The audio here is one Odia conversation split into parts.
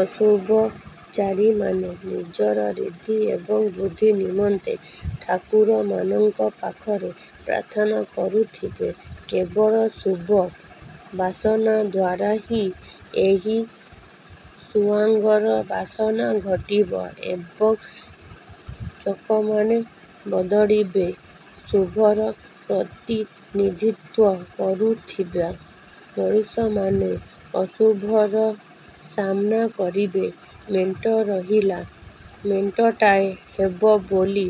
ଅଶୁଭଚାରୀମାନେ ନିଜର ରିଦ୍ଧି ଏବଂ ବୃଦ୍ଧି ନିମନ୍ତେ ଠାକୁରମାନଙ୍କ ପାଖରେ ପ୍ରାର୍ଥନା କରୁଥିବେ। କେବଳ ଶୁଭ ବାସନା ଦ୍ୱାରା ହିଁ ଏହି ସୁଆଙ୍ଗର ବାସନା ଘଟିବ ଏବଂ ଚକମାନେ ବଦଳିବେ। ଶୁଭର ପ୍ରତିନିଧିତ୍ୱ କରୁଥିବା ମଣିଷମାନେ ଅଶୁଭର ସାମ୍ନା କରିବେ। ମେଣ୍ଟ ରହିଲା!!! ମେଣ୍ଟଟାଏ ହେବ ବୋଲି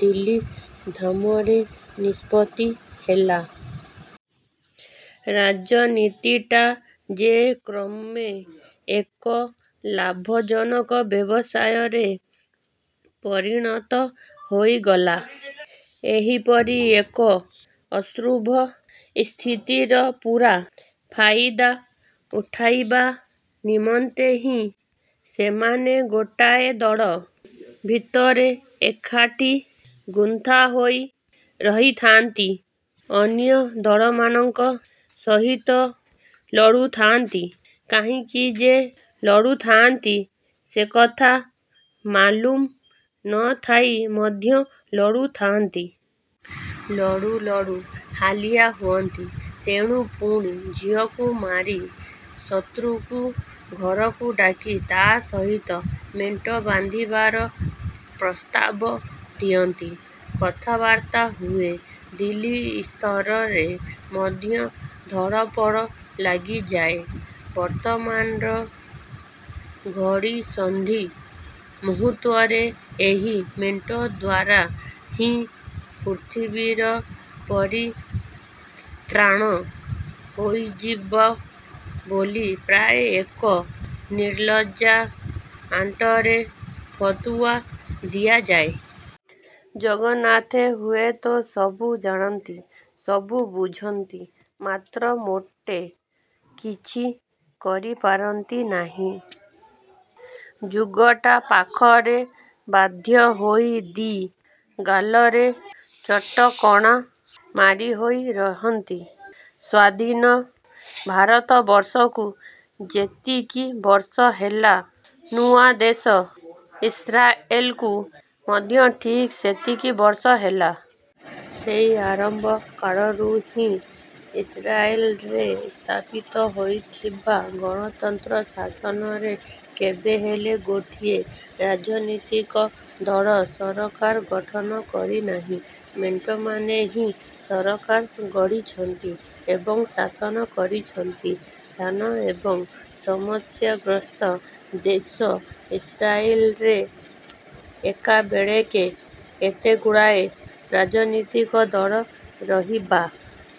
ଦିଲ୍ଲୀ ଧାମରେ ନିଷ୍ପତ୍ତି ହେଲା। ରାଜନୀତିଟା ଯେ କ୍ରମେ ଏକ ଲାଭଜନକ ବ୍ୟବସାୟରେ ପରିଣତ ହୋଇଗଲା, ଏହିପରି ଏକ ଅଶ୍ରୁଭ ସ୍ଥିତିର ପୂରା ଫାଇଦା ଉଠାଇବା ନିମନ୍ତେ ହିଁ ସେମାନେ ଗୋଟାଏ ଦଳ ଭିତରେ ଏକାଠି ଗୁନ୍ଥା ହୋଇ ରହି ଥାଆନ୍ତି। ଅନ୍ୟ ଦଳମାନଙ୍କ ସହିତ ଲଢୁ ଥାଆନ୍ତି। କାହିଁକି ଯେ ଲଢୁଥାଆନ୍ତି ସେକଥା ମାଲୁମ୍ ନଥାଇ ମଧ୍ୟ ଲଢୁଥାଆନ୍ତି। ଲଢୁ ଲଢ଼ୁ ହାଲିଆ ହୁଅନ୍ତି। ତେଣୁ ପୁଣି ଝିଅକୁ ମାରି ଶତ୍ରୁକୁ ଘରକୁ ଡାକି ତା'ସହିତ ମେଣ୍ଟ ବାନ୍ଧିବାର ପ୍ରସ୍ତାବ ଦିଅନ୍ତି। କଥାବାର୍ତ୍ତା ହୁଏ, ଦିଲ୍ଲୀ ସ୍ତରରେ ମଧ୍ୟ ଧଡ଼ପଡ଼ ଲାଗିଯାଏ। ବର୍ତ୍ତମାନର ଘଡ଼ିସନ୍ଧି ମୁହୂର୍ତ୍ତରେ ଏହି ମେଣ୍ଟ ଦ୍ୱାରା ହିଁ ପୃଥିବୀର ପରିତ୍ରାଣ ହୋଇଯିବ ବୋଲି ପ୍ରାୟ ଏକ ନିର୍ଲଜ୍ଜା ଆଣ୍ଟରେ ଫତୁଆ ଦିଆଯାଏ। ଜଗନ୍ନାଥେ ହୁଏତ ସବୁ ଜାଣନ୍ତି, ସବୁ ବୁଝନ୍ତି; ମାତ୍ର ମୋଟେ କିଛି କରିପାରନ୍ତି ନାହିଁ। ଯୁଗଟା ପାଖରେ ବାଧ୍ୟ ହୋଇ ଦି' ଗାଲରେ ଚଟକଣା ମାଡିହୋଇ ରହନ୍ତି। ସ୍ୱାଧୀନ ଭାରତବର୍ଷକୁ ଯେତିକି ବର୍ଷ ହେଲା, ନୂଆ ଦେଶ ଇସ୍ରାଏଲକୁ ମଧ୍ୟ ଠିକ୍ ସେତିକି ବର୍ଷ ହେଲା। ସେହି ଆରମ୍ଭ କାଳରୁ ହିଁ ଇସ୍ରାଏଲରେ ସ୍ଥାପିତ ହୋଇଥିବା ଗଣତନ୍ତ୍ର ଶାସନରେ କେବେହେଲେ ଗୋଟିଏ ରାଜନୀତିକ ଦଳ ସରକାର ଗଠନ କରିନାହିଁ। ମେଣ୍ଟମାନେ ହିଁ ସରକାର ଗଢ଼ିଛନ୍ତି ଏବଂ ଶାସନ କରିଛନ୍ତି। ସାନ ଏବଂ ସମସ୍ୟାଗ୍ରସ୍ତ ଦେଶ ଇସ୍ରାଏଲରେ ଏକାବେଳେକେ ଏତେଗୁଡ଼ାଏ ରାଜନୀତିକ ଦଳ ରହିବା।